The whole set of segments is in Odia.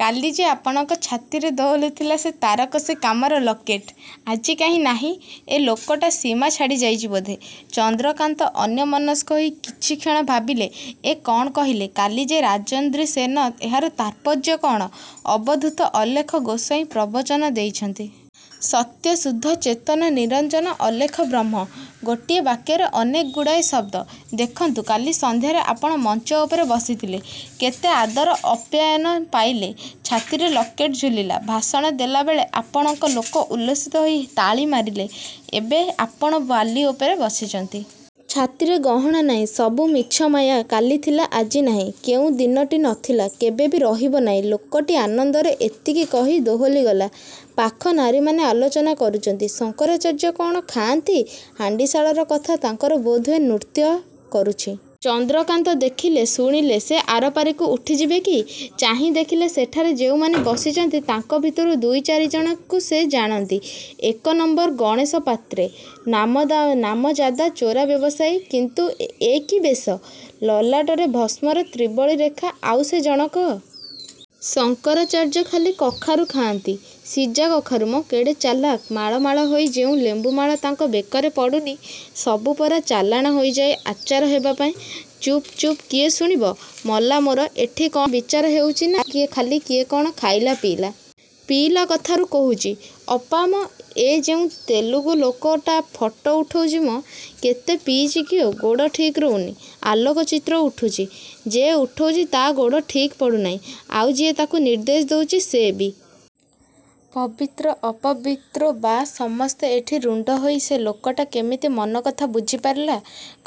କାଲି ଯେ ଆପଣଙ୍କ ଛାତିରେ ଦୋହଲୁଥିଲା, ସେ ତାରକସି କାମର ଲକେଟ୍; ଆଜି କାହିଁ ନାହିଁ? " ଏ ଲୋକଟା ସୀମା ଛାଡ଼ିଯାଇଛି ବୋଧହୁଏ। ଚନ୍ଦ୍ରକାନ୍ତ ଅନ୍ୟମନସ୍କ ହୋଇ କିଛିକ୍ଷଣ ଭାବିଲେ। ଏ କଅଣ କହିଲା–କାଲି ଯେ ରାଜେନ୍ଦ୍ରାସନେ... ଏହାର ତାତ୍ପର୍ଯ୍ୟ କଅଣ? ଅବଧୂତ ଅଲେଖ ଗୋସାଇଁ ପ୍ରବଚନ ଦେଇଛନ୍ତି... ସତ୍ୟ ଶୁଦ୍ଧ ଚେତନ ନିରଞ୍ଜନ ଅଲେଖ ବ୍ରହ୍ମ। ଗୋଟାଏ ବାକ୍ୟର ଅନେକଗୁଡ଼ାଏ ଶବ୍ଦ। "-ଦେଖନ୍ତୁ, କାଲି ସନ୍ଧ୍ୟାରେ ଆପଣ ମଞ୍ଚ ଉପରେ ବସିଥିଲେ, କେତେ ଆଦର ଆପ୍ୟାୟନ ପାଇଲେ, ଛାତିରେ ଲକେଟ୍ ଝୁଲିଲା। ଭାଷଣ ଦେଲାବେଳେ ଲୋକେ ଉଲ୍ଲସିତ ହୋଇ ହାତତାଳି ଦେଲେ, ଏବେ ଆପଣ ବାଲି ଉପରେ ବସିଛନ୍ତି। ଛାତିରେ ଗହଣା ନାହିଁ। ସବୁ ମିଛ, ମାୟା; କାଲି ଥିଲା, ଆଜି ନାହିଁ; କେଉଁ ଦିନ ବି ନଥିଲା, କେବେ ବି ରହିବନାହିଁ। " ଲୋକଟି ଆନନ୍ଦରେ ଏତିକି କହି ଦୋହଲିଗଲା। ପାଖ ନାରୀମାନେ ଆଲୋଚନା କରୁଛନ୍ତି... ଶଙ୍କରାଚାର୍ଯ୍ୟ କଅଣ ଖାଆନ୍ତି? ହାଣ୍ଡିଶାଳର କଥା ତାଙ୍କର ବୋଧିରେ ନୃତ୍ୟକରୁଛି। ଚନ୍ଦ୍ରକାନ୍ତ ଦେଖିଲେ ଶୁଣିଲେ-ସେ ଆରପାଖକୁ ଉଠିଯିବେ କି? ଚାହିଁ ଦେଖିଲେ, ସେଠାରେ ଯେଉଁମାନେ ବସିଛନ୍ତି, ତାଙ୍କ ଭିତରୁ ଦୁଇ ଚାରିଜଣଙ୍କୁ ସେ ଜାଣନ୍ତି... ଏକ ନମ୍ୱର ଗଣେଶ ପାତ୍ରେ, ନାମଯାଦା ଚୋରା ବ୍ୟବସାୟୀ; କିନ୍ତୁ ଏ କି ବେଶ? ଲଲାଟରେ ଭସ୍ମର ତ୍ରିବଳୀ ରେଖା... ଆଉ ସେ ଜଣକ... "ଶଙ୍କରାଚାର୍ଯ୍ୟ ଖାଲି କଖାରୁ ଖାଆନ୍ତି। ସିଝା କଖାରୁ ମ? କେଡ଼େ ଚାଲାକ୍, ମାଳ ମାଳ ହୋଇ ଯେଉଁ ଲେମ୍ବୁମାଳ ତାଙ୍କ ବେକରେ ପଡ଼ୁନି, ସବୁ ପରା ଚାଲାଣ ହୋଇଯାଏ ଆଚାର ହେବାପାଇଁ। " "ଚୁପ୍ଚୁପ୍, କିଏ ଶୁଣିବ। " "ମଲା ମୋର, ଏଠି କଅଣ ବିଚାର ହେଉଛି ନା, ୟାର ଖାଲି କିଏ କଅଣ ଖାଇଲା, ପିଇଲା। " "ପିଇଲା କଥାରୁ କହୁଛି, ଅପା ମ, ଏ ଯେଉଁ ତେଲୁଗୁଲୋକଟା ଫଟ ଉଠଉଛି ମ, କେତେ ପିଇଚି କିଓ? ଗୋଡ଼ ଠିକ୍ ରହୁନି... " ଆଲୋକଚିତ୍ର ଉଠୁଛି। ଯେ ଉଠୋଉଛି ତାର ଗୋଡ଼ ଠିକ୍ ପଡ଼ୁନାହିଁ। ଆଉ ଯିଏ ତାକୁ ନିର୍ଦ୍ଦେଶ ଦେଉଛନ୍ତି, ସେ ବି... ପବିତ୍ର ଅପବିତ୍ରୋ ବା... ସମସ୍ତେ ଏଠି ରୁଣ୍ଡ... ସେ ଲୋକଟା କିମିତି ମନକଥା ବୁଝିପାରିଲା,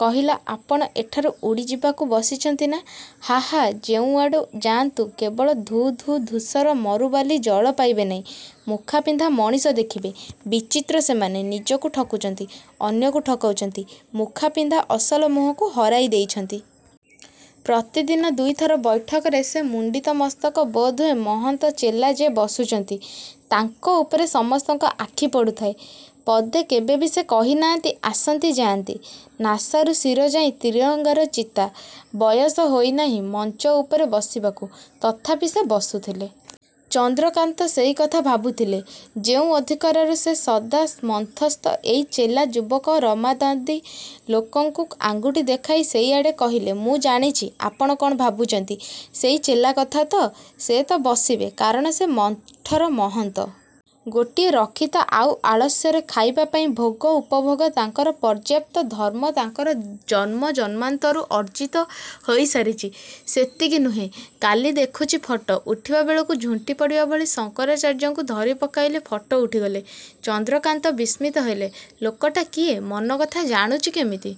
କହିଲା–ଆପଣ ଏଠାରୁ ଉଠିଯିବାକୁ ବସିଛନ୍ତି ନା? ହାଃ ହାଃ... ଯେଉଁଆଡ଼େ ଯାଆନ୍ତୁ, କେବଳ ଧୂ ଧୂ ଧୂସର ମରୁବାଲି, ଜଳ ପାଇବେନି-। ମୁଖାପିନ୍ଧା ମଣିଷ ଦେଖିବେ, ବିଚିତ୍ର ସେମାନେ, ନିଜକୁ ଠକୁଛନ୍ତି, ଅନ୍ୟକୁ ଠକାଉଛନ୍ତି, ମୁଖା ପିନ୍ଧା ଅସଲ ମୁହଁକୁ ହରେଇଦେଇଛନ୍ତି। ପ୍ରତିଦିନ ଦୁଇଥର ବୈଠକରେ ସେ ମୁଣ୍ଡିତମସ୍ତକ ବୋଧହୁଏ ମହନ୍ତ ଚେଲା ଯେ ବସୁଛନ୍ତି, ତାଙ୍କ ଉପରେ ସମସ୍ତଙ୍କ ଆଖି ପଡ଼ୁଥାଏ। ପଦେ କେବେ ସେ କହିନାହାନ୍ତି, ଆସନ୍ତି, ଯାଆନ୍ତି। ନାସାରୁ ଶିରଯାଏ ତ୍ରିରଙ୍ଗାର ଚିତା। ବୟସ ହୋଇନାହିଁ ମଞ୍ଚ ଉପରେ ବସିବାକୁ। ତଥାପି ସେ ବସୁଥିଲେ। ଚନ୍ଦ୍ରକାନ୍ତ ସେଇକଥା ଭାବୁଥିଲେ। ଯେଉଁ ଅଧିକାରରୁ ସେ ସଦା ମଞ୍ଚସ୍ଥ, ଏଇ ଚେଲା... ଯୁବକ ରାମାନନ୍ଦୀ। ଲୋକଟି ଆଙ୍ଗୁଠି ଦେଖାଇ ସେଇ ଆଡ଼େ କହିଲା–ମୁଁ ଜାଣିଛି, ଆପଣ କଅଣ ଭାବୁଛନ୍ତି... ସେଇ ଚେଲା କଥା ତ? ସେ ତ ବସିବେ; କାରଣ ସେ ମଠର ମହନ୍ତ... ଗୋଟିଏ ରକ୍ଷିତା ଆଉ ଆଳସ୍ୟରେ ଖାଇବା ପାଇଁ ଭୋଗ ଉପଭୋଗ ତାଙ୍କର ପର୍ଯ୍ୟାପ୍ତ... ଧର୍ମ ତାଙ୍କର ଜନ୍ମ-ଜନ୍ମାନ୍ତରରୁ ଅର୍ଜିତ ହୋଇସାରିଛି। ସେତିକି ନୁହେଁ, କାଲି ଦେଖିଛି ଫଟ ଉଠିବାବେଳକୁ ଝୁଣ୍ଟିପଡ଼ିବା ଭଳି ଶଙ୍କରାଚାର୍ଯ୍ୟଙ୍କୁ ଧରିପକାଇଲେ... ଫଟ ଉଠିଗଲା। ଚନ୍ଦ୍ରକାନ୍ତ ବିସ୍ମିତ ହେଲେ... ଲୋକଟା କିଏ? ମନକଥା ଜାଣୁଛି କେମିତି?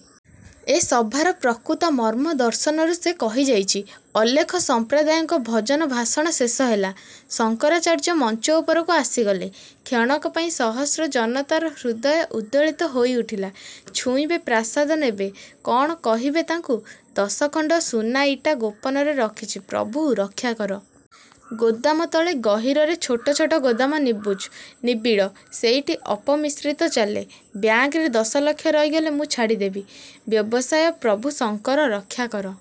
ଏ ସଭାର ପ୍ରକୃତ ମର୍ମ ଦର୍ଶନରୁ, ସେ କହିଯାଇଛି। ଅଲେଖ ସଂପ୍ରଦାୟଙ୍କର ଭଜନ ଭାଷଣ ଶେଷହେଲା। ଶଙ୍କରାଚାର୍ଯ୍ୟ ମଞ୍ଚ ଉପରକୁ ଆସିଗଲେ। କ୍ଷଣକ ପାଇଁ ସହସ୍ର ଜନତାର ହୃଦୟ ଉଦ୍ବେଳିତ ହୋଇଉଠିଲା...। ଛୁଇଁବେ, ପ୍ରସାଦ ନେବେ, କଅଣ କହିବେ ତାଙ୍କୁ...। -ଦଶଖଣ୍ଡ ସୁନା ଇଟା ଗୋପନରେ ରଖିଛି, ପ୍ରଭୁ ରକ୍ଷାକର! -ଗୋଦାମ ତଳେ, ଗହୀରରେ ଛୋଟ ଛୋଟ ଗୋଦାମ, ନିବୁଜ, ନିବିଡ଼... ସେଇଠି ଅପମିଶ୍ରଣ ଚାଲେ। ବ୍ୟାଙ୍କରେ ଦଶଲକ୍ଷ ରହିଗଲେ, ମୁଁ ଛାଡ଼ିଦେବି ବ୍ୟବସାୟ, ପ୍ରଭୁ ଶଙ୍କର ରକ୍ଷାକର!